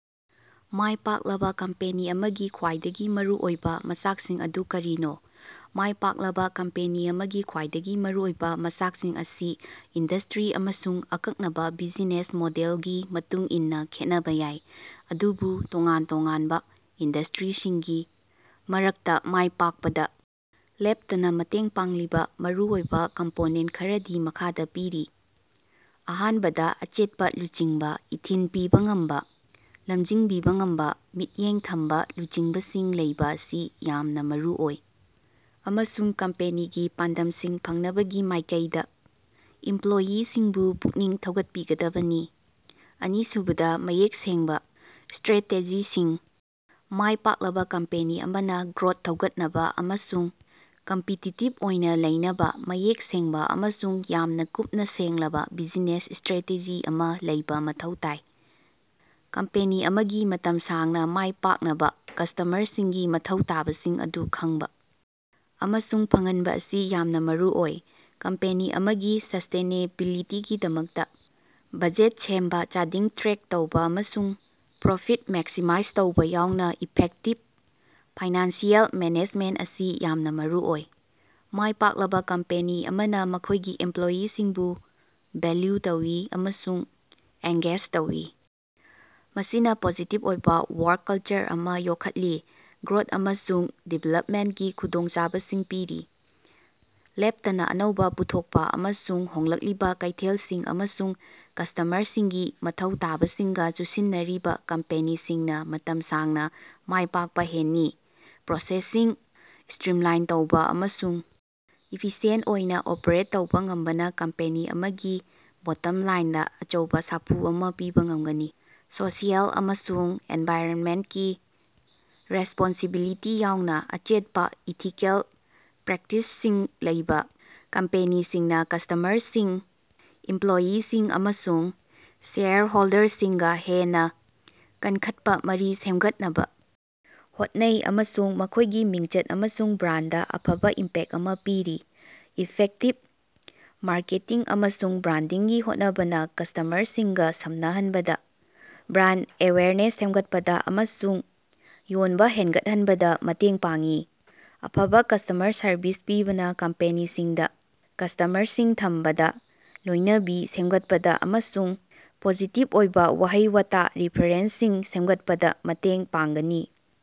ꯃꯥꯏ ꯄꯥꯛꯂꯕꯥ ꯀꯝꯄꯦꯅꯤ ꯑꯃꯒꯤ ꯈ꯭ꯋꯥꯏꯗꯒꯤ ꯃꯔꯨꯑꯣꯏꯕꯥ ꯃꯆꯥꯛꯁꯤꯡ ꯑꯗꯨ ꯀꯔꯤꯅꯣ? ꯃꯥꯏ ꯄꯥꯛꯂꯕꯥ ꯀꯝꯄꯦꯅꯤ ꯑꯃꯒꯤ ꯈ꯭ꯋꯥꯏꯗꯒꯤ ꯃꯔꯨꯑꯣꯏꯕꯥ ꯃꯆꯥꯛꯁꯤꯡ ꯑꯁꯤ ꯏꯟꯗꯁꯇ꯭ꯔꯤ ꯑꯃꯁꯨꯡ ꯑꯀꯛꯅꯕꯥ ꯕꯤꯖꯤꯅꯦꯁ ꯃꯣꯗꯦꯜꯒꯤ ꯃꯇꯨꯡ ꯏꯟꯅꯥ ꯈꯦꯠꯅꯕꯥ ꯌꯥꯏ, ꯑꯗꯨꯕꯨ ꯇꯣꯉꯥꯟ ꯇꯣꯉꯥꯟꯕꯥ ꯏꯟꯗꯁꯇ꯭ꯔꯤꯁꯤꯡꯒꯤ ꯃꯔꯛꯇꯥ ꯃꯥꯏ ꯄꯥꯛꯄꯗꯥ ꯂꯦꯞꯇꯅꯥ ꯃꯇꯦꯡ ꯄꯥꯡꯂꯤꯕꯥ ꯃꯔꯨꯑꯣꯏꯕꯥ ꯀꯝꯄꯣꯅꯦꯟꯇ ꯈꯔꯗꯤ ꯃꯈꯥꯗꯥ ꯄꯤꯔꯤ: ꯑꯍꯥꯟꯕꯗ ꯑꯆꯦꯠꯄꯥ ꯂꯨꯆꯤꯡꯕꯥ, ꯏꯊꯤꯜ ꯄꯤꯕꯥ ꯉꯝꯕꯥ, ꯂꯃꯖꯤꯡꯕꯤꯕꯥ ꯉꯝꯕꯥ ꯃꯤꯠꯌꯦꯡ ꯊꯝꯕꯥ ꯂꯨꯆꯤꯡꯕꯁꯤꯡ ꯂꯩꯕꯥ ꯑꯁꯤ ꯌꯥꯝꯅꯥ ꯃꯔꯨꯑꯣꯏ꯫ꯑꯃꯁꯨꯡ ꯀꯝꯄꯦꯅꯤꯒꯤ ꯄꯥꯟꯗꯝꯁꯤꯡ ꯐꯪꯅꯕꯒꯤ ꯃꯥꯏꯀꯩꯗꯥ ꯏꯝꯄ꯭ꯂꯣꯏꯌꯤꯁꯤꯡꯕꯨ ꯄꯨꯛꯅꯤꯡ ꯊꯧꯒꯠꯄꯤꯒꯗꯕꯅꯤ꯫ ꯑꯅꯤꯁꯨꯕꯗꯥ ꯃꯌꯦꯛ ꯁꯦꯡꯕꯥ ꯏꯁꯇ꯭ꯔ꯭ꯦꯇꯦꯖꯤꯁꯤꯡ ꯃꯥꯏ ꯄꯥꯛꯂꯕꯥ ꯀꯝꯄꯦꯅꯤ ꯑꯃꯅꯥ ꯒ꯭ꯔꯣꯠ ꯊꯧꯒꯠꯅꯕꯥ ꯑꯃꯁꯨꯡ ꯀꯝꯄꯤꯇꯤꯇꯤꯞ ꯑꯣꯏꯅꯥ ꯂꯩꯅꯕꯥ ꯃꯌꯦꯛ ꯁꯦꯡꯕꯥ ꯑꯃꯁꯨꯡ ꯌꯥꯝꯅꯥ ꯀꯨꯞꯅꯥ ꯁꯦꯝꯂꯕꯥ ꯕꯤꯖꯤꯅꯦꯁ ꯏꯁꯇ꯭ꯔꯦꯇꯦꯖꯤ ꯑꯃꯥ ꯂꯩꯕꯥ ꯃꯊꯧ ꯇꯥꯏ꯫ ꯀꯝꯄꯦꯅꯤ ꯑꯃꯒꯤ ꯃꯇꯝ ꯁꯥꯡꯅꯥ ꯃꯥꯏ ꯄꯥꯛꯅꯕꯥ ꯀꯁꯇꯃꯔꯁꯤꯡꯒꯤ ꯃꯊꯧ ꯇꯥꯕꯁꯤꯡ ꯑꯗꯨ ꯈꯪꯕꯥ ꯑꯃꯁꯨꯡ ꯐꯪꯍꯟꯕꯥ ꯑꯁꯤ ꯌꯥꯝꯅꯥ ꯃꯔꯨꯑꯣꯏ꯫ ꯀꯝꯄꯦꯅꯤ ꯑꯃꯒꯤ ꯁꯁ꯭ꯇꯦꯅꯦꯕꯤꯂꯤꯇꯤꯒꯤꯗꯃꯛꯇꯥ ꯕꯖꯦꯠ ꯁꯦꯝꯕꯥ, ꯆꯥꯗꯤꯡ ꯇ꯭ꯔꯦꯛ ꯇꯧꯕꯥꯑꯃꯁꯨꯡ ꯄ꯭ꯔꯣꯐꯤꯠ ꯃꯦꯛꯁꯤꯃꯥꯏꯖ ꯇꯧꯕꯥ ꯌꯥꯎꯅꯥ ꯏꯐꯦꯛꯇꯤꯞ ꯐꯥꯏꯅꯥꯟꯁꯤꯑꯦꯜ ꯃꯦꯅꯦꯖꯃꯦꯟꯇ ꯑꯁꯤ ꯌꯥꯝꯅꯥ ꯃꯔꯨꯑꯣꯏ꯫ ꯃꯥꯏꯄꯥꯛꯂꯕꯥ ꯀꯝꯄꯅꯤ ꯑꯃꯅꯥ ꯃꯈꯣꯏꯒꯤ ꯏꯝꯄ꯭ꯂꯣꯏꯌꯤꯁꯤꯡꯕꯨ ꯚꯦꯜꯌꯨ ꯇꯧꯏ ꯑꯃꯁꯨꯡ ꯑꯦꯡꯒꯦꯖ ꯇꯧꯏ, ꯃꯁꯤꯅꯥ ꯄꯣꯖꯤꯇꯤꯞ ꯑꯣꯏꯕꯥ ꯋꯥꯔꯛ ꯀꯜꯆꯔ ꯑꯃꯥ ꯌꯣꯛꯈꯠꯂꯤ꯫ ꯒ꯭ꯔꯣꯠ ꯑꯃꯁꯨꯡ ꯗꯤꯚꯦꯂꯞꯃꯦꯟꯇꯒꯤ ꯈꯨꯗꯣꯡꯆꯥꯕꯁꯤꯡ ꯄꯤꯔꯤ꯫ ꯂꯦꯞꯇꯅꯥ ꯑꯅꯧꯕꯥ ꯄꯨꯊꯣꯛꯄꯥ ꯑꯃꯁꯨꯡ ꯍꯣꯡꯂꯛꯂꯤꯕꯥ ꯀꯩꯊꯦꯜꯁꯤꯡ ꯑꯃꯁꯨꯡ ꯀꯁꯇꯃꯔꯁꯤꯡꯒꯤ ꯃꯊꯧ ꯇꯥꯕꯁꯤꯡꯒꯥ ꯆꯨꯁꯤꯟꯅꯔꯤꯕꯥ ꯀꯝꯄꯦꯅꯤꯁꯤꯡꯅꯥ ꯃꯇꯝ ꯁꯥꯡꯅꯥ ꯃꯥꯏ ꯄꯥꯛꯄꯥ ꯍꯦꯟꯅꯤ꯫ ꯄ꯭ꯔꯣꯁꯦꯁꯁꯤꯡ ꯏꯁꯇ꯭ꯔꯤꯝꯂꯥꯏꯟ ꯇꯧꯕꯥ ꯑꯃꯁꯨꯡ ꯏꯐꯤꯁꯤꯌꯦꯟꯇ ꯑꯣꯏꯅꯥ ꯑꯣꯄ꯭ꯔꯦꯠ ꯇꯧꯕꯥ ꯉꯝꯕꯅꯥ ꯀꯝꯄꯦꯅꯤ ꯑꯃꯒꯤ ꯕꯣꯠꯇꯝ ꯂꯥꯏꯟꯗꯥ ꯑꯆꯧꯕꯥ ꯁꯥꯐꯨ ꯑꯃꯥ ꯄꯤꯕꯥ ꯉꯝꯒꯅꯤ꯫ ꯁꯣꯁꯤꯑꯦꯜ ꯑꯃꯁꯨꯡ ꯑꯦꯟꯚꯥꯏꯔꯟꯃꯦꯟꯇꯀꯤ ꯔꯦꯁꯄꯣꯟꯁꯤꯕꯤꯂꯤꯇꯤ ꯌꯥꯎꯅꯥ ꯑꯆꯦꯠꯄꯥ ꯏꯊꯤꯀꯦꯜ ꯄ꯭ꯔꯦꯛꯇꯤꯁꯁꯤꯡ ꯂꯩꯕꯥ ꯀꯝꯄꯦꯅꯤꯁꯤꯡꯅꯥ ꯀꯁꯇꯃꯔꯁꯤꯡ, ꯏꯝꯄ꯭ꯂꯣꯌꯤꯁꯤꯡ, ꯑꯃꯁꯨꯡ ꯁꯦꯌꯔ ꯍꯣꯜꯗꯔꯁꯤꯡꯒꯥ ꯍꯦꯟꯅꯥ ꯀꯟꯈꯠꯄꯥ ꯃꯔꯤ ꯁꯦꯝꯒꯠꯅꯕꯥ ꯍꯣꯠꯅꯩ ꯑꯃꯁꯨꯡ ꯃꯈꯣꯏꯒꯤ ꯃꯤꯡꯆꯠ ꯑꯃꯁꯨꯡ ꯕ꯭ꯔꯥꯟꯗꯗꯥ ꯑꯐꯕꯥ ꯏꯝꯄꯦꯛꯇ ꯑꯃꯥ ꯄꯤꯔꯤ꯫ ꯏꯐꯦꯛꯇꯤꯕ ꯃꯥꯔꯀꯦꯇꯤꯡ ꯑꯃꯁꯨꯡ ꯕ꯭ꯔꯥꯟꯗꯤꯡꯒꯤ ꯍꯣꯠꯅꯕꯅꯥ ꯀꯁꯇꯃꯔꯁꯤꯡꯒꯥ ꯁꯝꯅꯍꯟꯕꯗꯥ, ꯕ꯭ꯔꯥꯟꯗ ꯑꯦꯋꯦꯌꯔꯅꯦꯁ ꯁꯦꯝꯒꯠꯄꯗꯥ ꯑꯃꯁꯨꯡ ꯌꯣꯟꯕꯥ ꯍꯦꯟꯒꯠꯍꯟꯕꯗꯥ ꯃꯇꯦꯡ ꯄꯥꯡꯏ꯫ ꯑꯐꯕꯥ ꯀꯁꯇ꯭ꯃꯔ ꯁꯔꯕꯤꯁ ꯄꯤꯕꯅꯥ ꯀꯝꯄꯦꯅꯤꯁꯤꯡꯗꯥ ꯀꯁꯇꯃꯔꯁꯤꯡ ꯊꯝꯕꯗꯥ, ꯂꯣꯏꯅꯕꯤ ꯁꯦꯝꯒꯠꯄꯗꯥ ꯑꯃꯁꯨꯡ ꯄꯣꯖꯤꯇꯤꯞ ꯑꯣꯏꯕꯥ ꯋꯥꯍꯩ-ꯋꯥꯇꯥ ꯔꯤꯐꯔꯦꯜꯁꯤꯡ ꯁꯦꯝꯒꯠꯄꯗꯥ ꯃꯇꯦꯡ ꯄꯥꯡꯒꯅꯤ꯫